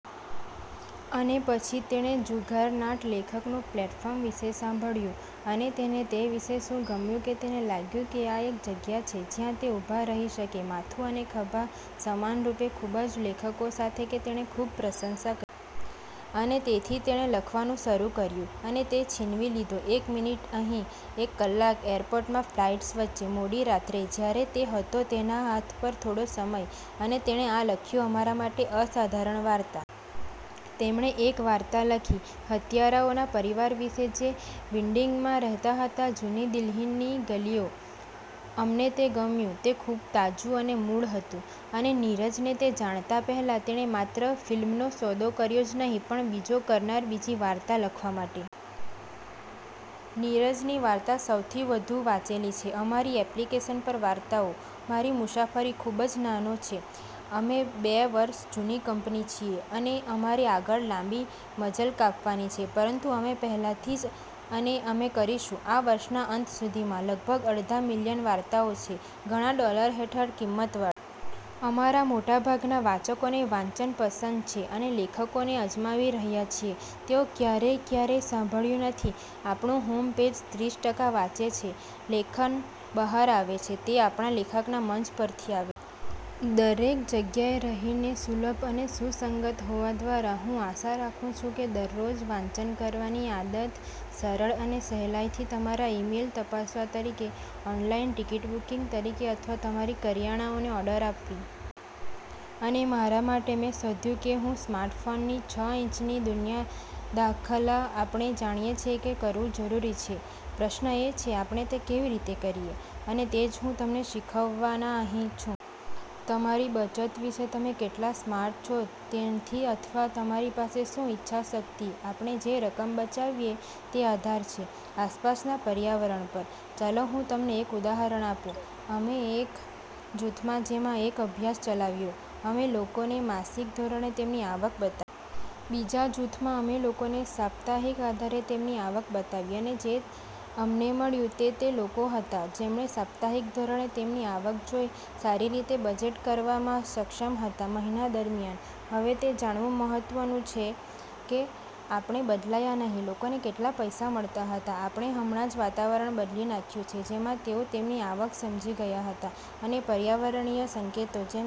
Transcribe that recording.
અને પછી તેણે જુગારનાટ લેખકનું પ્લેટફોર્મ વિશે સાંભળ્યું. અને તેને તે વિશે શું ગમ્યું કે તેને લાગ્યું કે આ એક જગ્યા છે જ્યાં તે ઉભા રહી શકે માથું અને ખભા, સમાનરૂપે, ખૂબ જ લેખકો સાથે કે તેણે ખૂબ પ્રશંસા કરી. અને તેથી તેણે લખવાનું શરૂ કર્યું. અને તે છીનવી લીધો એક મિનિટ અહીં, એક કલાક, એરપોર્ટમાં ફ્લાઇટ્સ વચ્ચે, મોડી રાત્રે, જ્યારે તે હતો તેના હાથ પર થોડો સમય. અને તેણે આ લખ્યું અમારા માટે અસાધારણ વાર્તા. તેમણે એક વાર્તા લખી હત્યારાઓના પરિવાર વિશે જે વિન્ડિંગમાં રહેતા હતા જૂની દિલ્હીની ગલીઓ. અમને તે ગમ્યું, તે ખૂબ તાજું અને મૂળ હતું. અને નીરજને તે જાણતા પહેલા, તેણે માત્ર ફિલ્મનો સોદો કર્યો જ નહીં પણ બીજો કરાર બીજી વાર્તા લખવા માટે. નીરજની વાર્તા સૌથી વધુ વાંચેલી છે અમારી એપ્લિકેશન પર વાર્તાઓ. મારી મુસાફરી ખૂબ જ નાનો છે. અમે બે વર્ષ જૂની કંપની છીએ, અને અમારે આગળ લાંબી મજલ કાપવાની છે. પરંતુ અમે પહેલાથી જ, અને અમે કરીશું આ વર્ષના અંત સુધીમાં, લગભગ અડધા મિલિયન વાર્તાઓ છે, ઘણા ડોલર હેઠળ કિંમતવાળી. અમારા મોટાભાગના વાચકોને વાંચન પસંદ છે અને લેખકોને અજમાવી રહ્યા છીએ તેઓ ક્યારેય ક્યારેય સાંભળ્યું નથી. આપણું હોમ પેજ ત્રીસ ટકા વાંચે છે લેખન બહાર આવે છે તે આપણા લેખકના મંચ પરથી આવે છે. દરેક જગ્યાએ રહીને, સુલભ અને સુસંગત હોવા દ્વારા, હું આશા રાખું છું કે દરરોજ વાંચન કરવાની આદત, સરળ અને સહેલાઇથી તમારા ઇમેઇલ તપાસવા તરીકે, ઓનલાઇન ટિકિટ બુકિંગ તરીકે અથવા તમારી કરિયાણાઓને ઓર્ડર આપવી. અને મારા માટે, મે શોધ્યું કે હું સ્માર્ટફોનની છ ઇંચની દુનિયા દાખલ। આપણે જાણીએ કે તે કરવું જરૂરી છે. પ્રશ્ન એ છે: આપણે તે કેવી રીતે કરીએ? અને તેજ હું તમને શીખવવાના અહીં છું. તમારી બચત વિશે તમે કેટલા સ્માર્ટ છો તેનથી અથવા તમારી પાસે શું ઈચ્છાશક્તિ આપણે જે રકમ બચાવીએ, તે આધાર છે આસપાસના પર્યાવરણ પર. ચાલો હું તમને એક ઉદાહરણ આપું. અમે એક જૂથમાં જેમાં એક અભ્યાસ ચલાવ્યો, અમે લોકોને માસિક ધોરણે તેમની આવક બતાવી. બીજા જૂથમાં, અમે લોકોને સાપ્તાહિક આધારે તેમની આવક બતાવી. અને જે અમને મળ્યું તે તે લોકો હતા જેમણે સાપ્તાહિક ધોરણે તેમની આવક જોઇ સારી રીતે બજેટ કરવામાં સક્ષમ હતા મહિના દરમ્યાન. હવે, તે જાણવું મહત્વ નુછે કે આપણે બદલાયા નહીં લોકોને કેટલા પૈસા મળતા હતા, આપણે હમણાં જ વાતાવરણ બદલી નાખ્યું છે જેમાં તેઓ તેમની આવક સમજી ગયા હતા. અને પર્યાવરણીય સંકેતો જેમ કે